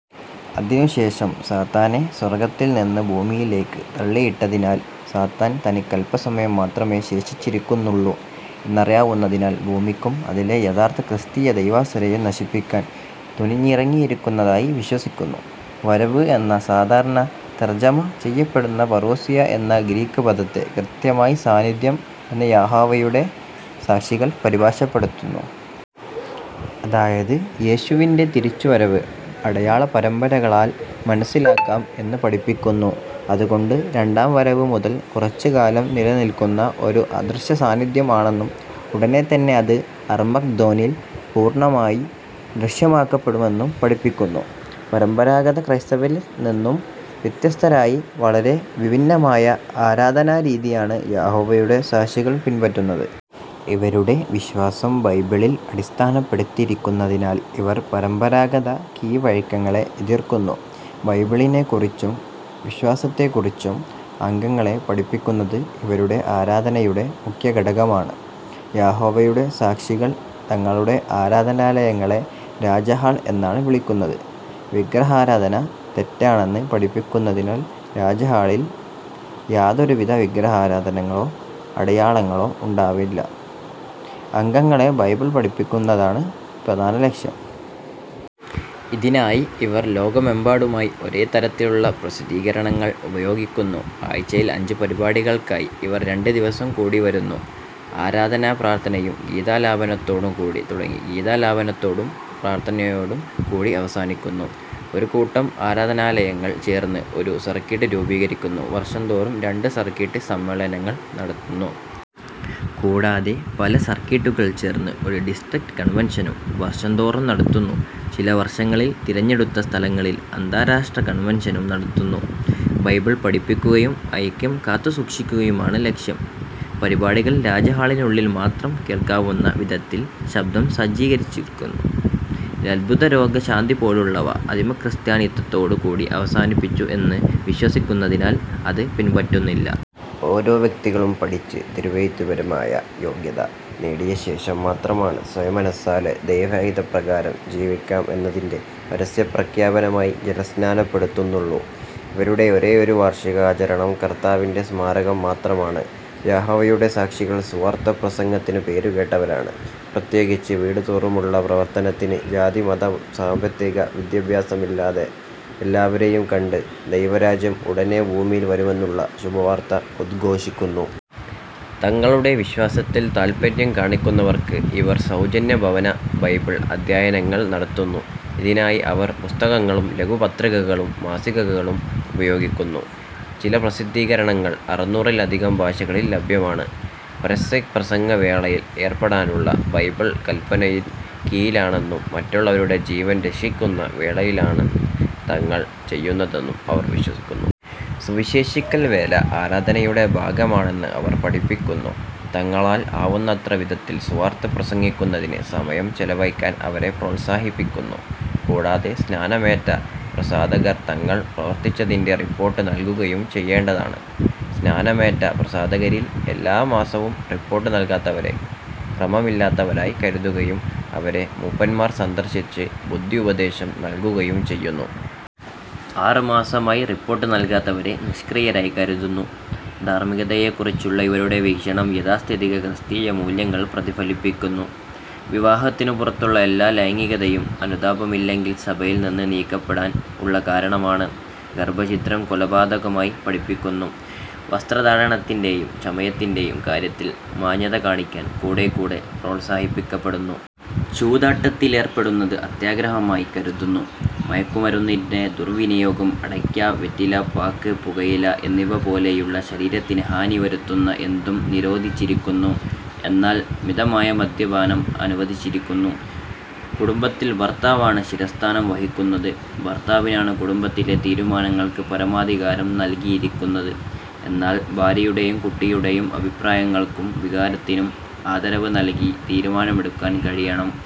അതിനുശേഷം സാത്തനെ സ്വർഗ്ഗത്തിൽ നിന്ന് ഭൂമിയിലേയ്ക്ക് തള്ളിയിട്ടതിനാൽ, സാത്താൻ തനിക്കല്പസമയം മാത്രമെ ശേഷിച്ചിരിക്കുന്നുള്ളൂ എന്നറിയാവുന്നതിനാൽ ഭൂമിക്കും അതിലെ യഥാർത്ഥ ക്രിസ്തീയ ദൈവദാസരെയും നശിപ്പിക്കാൻ തുനിഞ്ഞിറങ്ങിയിരിക്കുന്നതായി വിശ്വസിക്കുന്നു. വരവ്വ് എന്ന് സാധാരണ തർജ്ജമ ചെയ്യപെടുന്ന "പറൂസിയ" എന്ന ഗ്രീക്ക് പദത്തെ, കൃത്യമായി "സാന്നിധ്യം" എന്ന് യഹോവയുടെ സാക്ഷികൾ പരിഭാഷപ്പെടുത്തുന്നു. അതായത് യേശുവിന്റെ തിരിച്ചുവരവ് അടയാള പരമ്പരകളാൽ മനസ്സിലാക്കാം എന്ന് പഠിപ്പിക്കുന്നു. അതുകൊണ്ട് രണ്ടാംവരവ് മുതൽ കുറച്ച് കാലം നിലനിൽക്കുന്ന ഒരു അദൃശ്യ സാന്നിധ്യം ആണെന്നും ഉടനെ തന്നെ അത് അർമ്മഗ്ദോനിൽ പൂർണ്ണമായി ദൃശ്യമാക്കപ്പെടുമെന്നും പഠിപ്പിക്കുന്നു. പരമ്പരാഗത ക്രൈസ്തവരിൽ നിന്നു വ്യത്യസ്തരായി വളരെ വിഭിന്നമായ ആരാധനാരീതിയാണ് യഹോവയുടെ സാക്ഷികൾ പിൻപറ്റുന്നത്. ഇവരുടെ വിശ്വസം ബൈബിളിൽ അടിസ്ഥാനപ്പെടുത്തിയിരിക്കുന്നതിനാൽ ഇവർ പരമ്പരാഗത കീഴ്‌വഴക്കങ്ങളെ എതിർക്കുന്നു. ബൈബിളിനെ കുറിച്ചും, വിശ്വാസത്തെ കുറിച്ചും അംഗങ്ങളെ പഠിപ്പിക്കുന്നത് ഇവരുടെ ആരാധനയുടെ മുഖ്യഘടകമാണ്. യഹോവയുടെ സാക്ഷികൾ തങ്ങളുടെ ആരാധനാലയങ്ങളെ രാജ്യഹാൾ എന്നാണ് വിളിക്കുന്നത്. വിഗ്രഹാരാധന തെറ്റാണെന്ന് പഠിപ്പിക്കുതിനാൽ രാജ്യഹാളിൽ യാതൊരുവിധ വിഗ്രഹങ്ങളോ, അടയാളങ്ങളൊ ഉണ്ടാവില്ല. അംഗങ്ങളെ ബൈബിൾ പഠിപ്പിക്കുകയാണ് പ്രധാന ലക്ഷ്യം. ഇതിനായി ഇവർ ലോകമെമ്പാടുമായി ഒരേ തരത്തിലുള്ള പ്രസിദ്ധീകരണങ്ങൾ ഉപയോഗിക്കുന്നു. ആഴ്ചയിൽ അഞ്ച് പരിപാടികൾക്കായി ഇവർ രണ്ട് ദിവസം കൂടിവരുന്നു. ആരാധന പ്രാർത്ഥനയും, ഗീതാലാപനത്തൊടും കൂടി തുടങ്ങി ഗീതാലാപനത്തൊടും, പ്രാർത്ഥനയൊടും കൂടി അവസാനിക്കുന്നു. ഒരു കൂട്ടം ആരാധനാലയങ്ങൾ ചേർന്ന് ഒരു സർക്കീട്ട് രൂപീകരിക്കുന്നു. വർഷംതോറും രണ്ട് സർക്കീട്ട് സമ്മേളനങ്ങൾ നടത്തുന്നു. കൂടാതെ പല സർക്കീട്ടുകൾ ചേർന്ന് ഒരു ഡിസ്ട്രിക്റ്റ് കൺവൻഷനും വർഷം തോറും നടത്തുന്നു. ചില വർഷങ്ങളിൽ തിരഞ്ഞെടുത്ത സ്ഥലങ്ങളിൽ അന്താരാഷ്ട്ര കൺവൻഷനും നടത്തുന്നു. ബൈബിൾ പഠിപ്പിക്കുകയ്യും, ഐക്യം കാത്തുസൂക്ഷിക്കുകയുമാണ് ലക്ഷ്യം. പരിപാടികൾ രാജ്യഹാളിനുള്ളിൽ മാത്രം കേൾക്കാവുന്ന വിധത്തിൽ ശബ്ദം സജ്ജികരിച്ചിരിക്കുന്നു. അത്ഭുത രോഗശാന്തിപോളുള്ളവ അദിമ ക്രിസ്ത്യാനിത്തത്തോടു കൂടി അവസാനിച്ചു എന്ന് വിശ്വസിക്കുന്നതിനാൽ അത് പിൻപറ്റുന്നില്ല. ഒരോ വ്യക്തികളും പഠിച്ച് തിരുവെഴുത്തുപരമായ യോഗ്യത നേടിയശേഷം മാത്രമെ, സ്വയമനസാലെ ദൈവഹിതപ്രകാരം ജീവിക്കാം എന്നതിന്റെ പരസ്യപ്രഖ്യാപനമായി ജലസ്നാനപ്പെടുത്തുന്നുള്ളു. ഇവരുടെ ഒരെയൊരു വാർഷിക ആചരണം കർത്താവിന്റെ സമാരകം മാത്രമാണ്. യഹോവയുടെ സാക്ഷികൾ സുവാർത്ത പ്രസംഗത്തിനു പേരുകേട്ടവരാണ്, പ്രത്യേകിച്ച് വീടുതോറുമുള്ള പ്രവർത്തനത്തിന്. ജാതി, മത, സാമ്പത്തിക വ്യത്യാസമില്ലാതെ എല്ലാവരെയും കണ്ട് ദൈവരാജ്യം ഉടനെ ഭൂമിയിൽ വരുമെന്നുള്ള ശുഭവാർത്ത ഉദ്ഘോഷിക്കുന്നു. തങ്ങളുടെ വിശ്വാസത്തിൽ താൽപര്യം കാണിക്കുന്നവർക്ക് ഇവർ സൗജന്യ ഭവന ബൈബിൾ അദ്ധ്യായനങ്ങൾ നടത്തുന്നു. ഇതിനായി അവർ പുസ്തകങ്ങളും, ലഘുപത്രികകളും, മാസികകളും ഉപയോഗിക്കുന്നു. ചില പ്രസിദ്ധീകരണങ്ങൾ അറുനൂറിൽ അധികം ഭാഷകളിൽ ലഭ്യമാണ്. പരസ്യ പ്രസംഗവേളയിൽ ഏർപ്പെടാനുള്ള ബൈബിൾ കല്പനയിൻ കീഴിലാണെന്നും മറ്റുള്ളവരുടെ ജീവൻ രക്ഷിക്കുന്ന വേലയാണ് തങ്ങൾ ചെയ്യുന്നതെന്നും അവർ വിശ്വസിക്കുന്നു. സുവിശേഷിക്കൽ വേല ആരാധനയുടെ ഭാഗമാണെന്ന് അവർ പഠിപ്പിക്കുന്നു. തങ്ങളാൽ ആവുന്നത്ര വിധത്തിൽ സുവാർത്ത പ്രസംഗിക്കുന്നതിന് സമയം ചെലവഴിക്കാൻ അവരെ പ്രോത്സാഹിപ്പിക്കുന്നു, കൂടാതെ സ്നാനമേറ്റ പ്രസാദകർ തങ്ങൾ പ്രവർത്തിച്ചതിന്റെ റിപ്പോർട്ട് നൽകുകയും ചെയ്യേണ്ടതാണ്. സ്നാനമേറ്റ പ്രസാദകരിൽ എല്ലാ മാസവും റിപ്പോർട്ട് നൽകാത്തവരെ ക്രമമില്ലാത്തവരായി കരുതുകയും, അവരെ മൂപ്പന്മാർ സന്ദർശിച്ച് ബുദ്ധിയുപദേശം നൽകുകയും ചെയ്യുന്നു. ആറ് മാസമായി റിപ്പോർട്ട് നൽകാത്തവരെ നിഷ്ക്രിയരായി കരുതുന്നു. ധാർമ്മികതയെകുറിച്ചുള്ള ഇവരുടെ വീക്ഷണം യാഥാസ്ഥിതിക ക്രിസ്തീയ മൂല്യങ്ങൾ പ്രതിഫലിപ്പിക്കുന്നു. വിവാഹത്തിനു പുറത്തുള്ള എല്ലാവിധ ലൈംഗികതയും അനുതാപമില്ലെങ്കിൽ സഭയിൽ നിന്ന് നീക്കപ്പെടാൻ ഉള്ള കാരണമാണ്. ഗർഭഛിദ്രം കൊലപാതകമായി പഠിപ്പിക്കുന്നു. വസ്ത്രധാരണത്തിന്റെയും, ചമയത്തിന്റെയും കാര്യത്തിൽ മാന്യത കാണിക്കാൻ കൂടെകൂടെ പ്രോൽസാഹിപ്പിക്കപ്പെടുന്നു. ചൂതാട്ടത്തിലേർപ്പെടുന്നത് അത്യാഗ്രഹമായി കരുതുന്നു. മയക്കുമരുന്നിന്റെ ദുർവിനിയോഗം, അടയ്ക്ക, വെറ്റില, പാക്ക്, പുകയില എന്നിവ പോലെയുള്ള ശരീരത്തിന് ഹാനിവരുത്തുന്ന എന്തും നിരോധിച്ചിരിക്കുന്നു. എന്നാൽ മിതമായ മദ്യപാനം അനുവദിച്ചിരിക്കുന്നു. കുടുംബത്തിൽ ഭർത്താവാണ് ശിരസ്ഥാനം വഹിക്കുന്നത്. ഭർത്താവിനാണ് കുടുംബത്തിലെ തിരുമാനങ്ങൾക്ക് പരമാധികാരം നൽകിയിരിക്കുന്നത്; എന്നാൽ ഭാര്യയുടെയും കുട്ടികളുടെയും അഭിപ്രായങ്ങൾക്കും, വികാരത്തിനും ആദരവ് നൽകി തീരുമാനമെടുക്കാൻ കഴിയണം